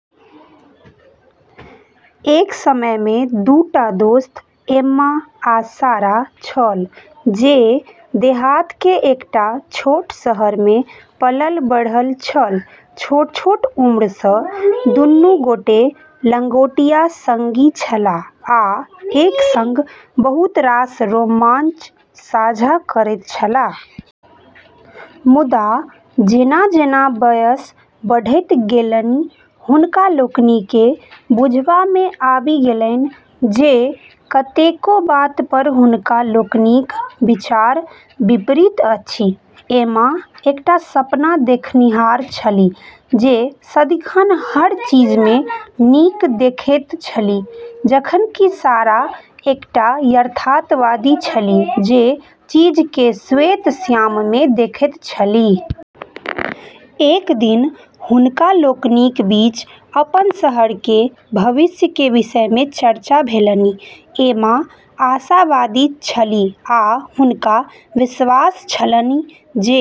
विपरीत विचारक दूटा पात्रक एकटा लघुकथा लिखू:- एक समय में दू टा दोस्त एम्मा आ सारा छल जे देहात के एकटा छोट शहर में पलल-बढ़ल छल। छोट-छोट उम्र सँ दुनू गोटे लंगोटिया संगी छलाह आ एक संग बहुत रास रोमांच साझा करैत छलाह। मुदा जेना-जेना वयस बढ़ैत गेलनि, हुनका लोकनि केँ बुझबा में आबि गेलनि जे कतेको बात पर हुनका लोकनिक विचार विपरीत अछि। एम्मा एकटा सपना देखनिहार छलीह जे सदिखन हर चीज में नीक देखैत छलीह, जखन कि सारा एकटा यथार्थवादी छलीह जे चीज केँ श्वेत-श्याम में देखैत छलीह। एक दिन हुनका लोकनिक बीच अपन शहर के भविष्य के विषय में चर्चा भेलनि। एम्मा आशावादी छलीह आ हुनका विश्वास छलनि जे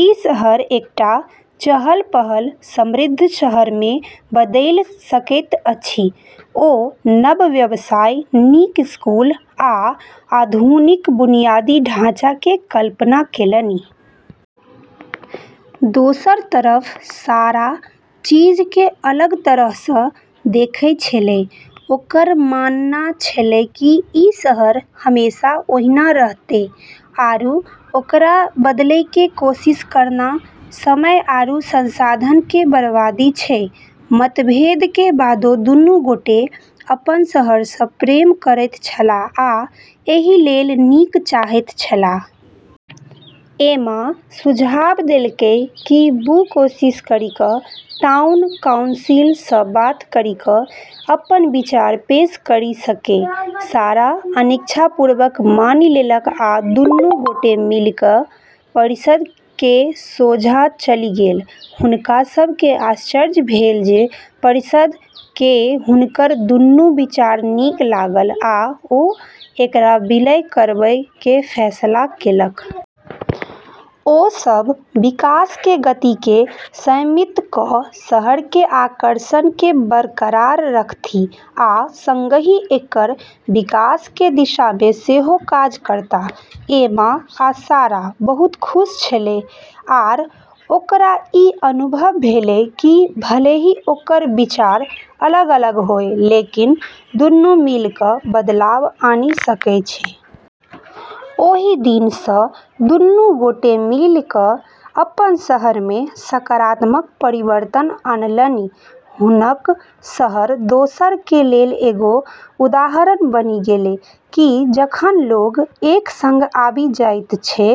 ई शहर एकटा चहल-पहल, समृद्ध शहर में बदलि सकैत अछि। ओ नव व्यवसाय, नीक स्कूल, आ आधुनिक बुनियादी ढांचा के कल्पना केलनि। दोसर तरफ सारा चीज केँ अलग तरह सँ देखै छेलै, ओकर मानना छेलै कि ई शहर हमेशा ओही रहतै, आरू ओकरा बदलै के कोशिश करना समय आरू संसाधन के बर्बादी छै। मतभेद के बादो दुनू गोटे अपन शहर सँ प्रेम करैत छलाह आ एहि लेल नीक चाहैत छलाह। एम्मा सुझाव देलकै कि वू कोशिश करी कऽ टाउन काउंसिल सँ बात करी कऽ अपन विचार पेश करी सकै। सारा अनिच्छापूर्वक मानि लेलक आ दुनू गोटे मिलिकय परिषद् के सोझाँ चलि गेल। हुनका सब केँ आश्चर्य भेल जे परिषद् केँ हुनकर दूनू विचार नीक लागल आ ओ एकरा विलय करबय के फैसला केलक। ओ सब विकास के गति केँ संयमित कऽ शहर के आकर्षण केँ बरकरार रखथि आ संगहि एकर विकास के दिशा में सेहो काज करताह। एम्मा आ सारा बहुत खुश छलै आर ओकरा ई अनुभव भेलै कि भले ही ओकर विचार अलग-अलग होय, लेकिन दुनू मिलि कऽ बदलाव आनि सकै छै। ओहि दिन सँ दुनू गोटे मिलि क' अपन शहर में सकारात्मक परिवर्तन अनलनि। हुनक शहर दोसर के लेल एगो उदाहरण बनी गेलै, कि जखन लोग एक संग आबि जाइत छै,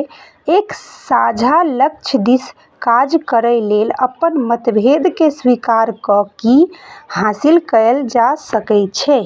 एक साझा लक्ष्य दिस काज करय लेल अपन मतभेद के स्वीकार कऽ की हासिल कएल जा सकै छै।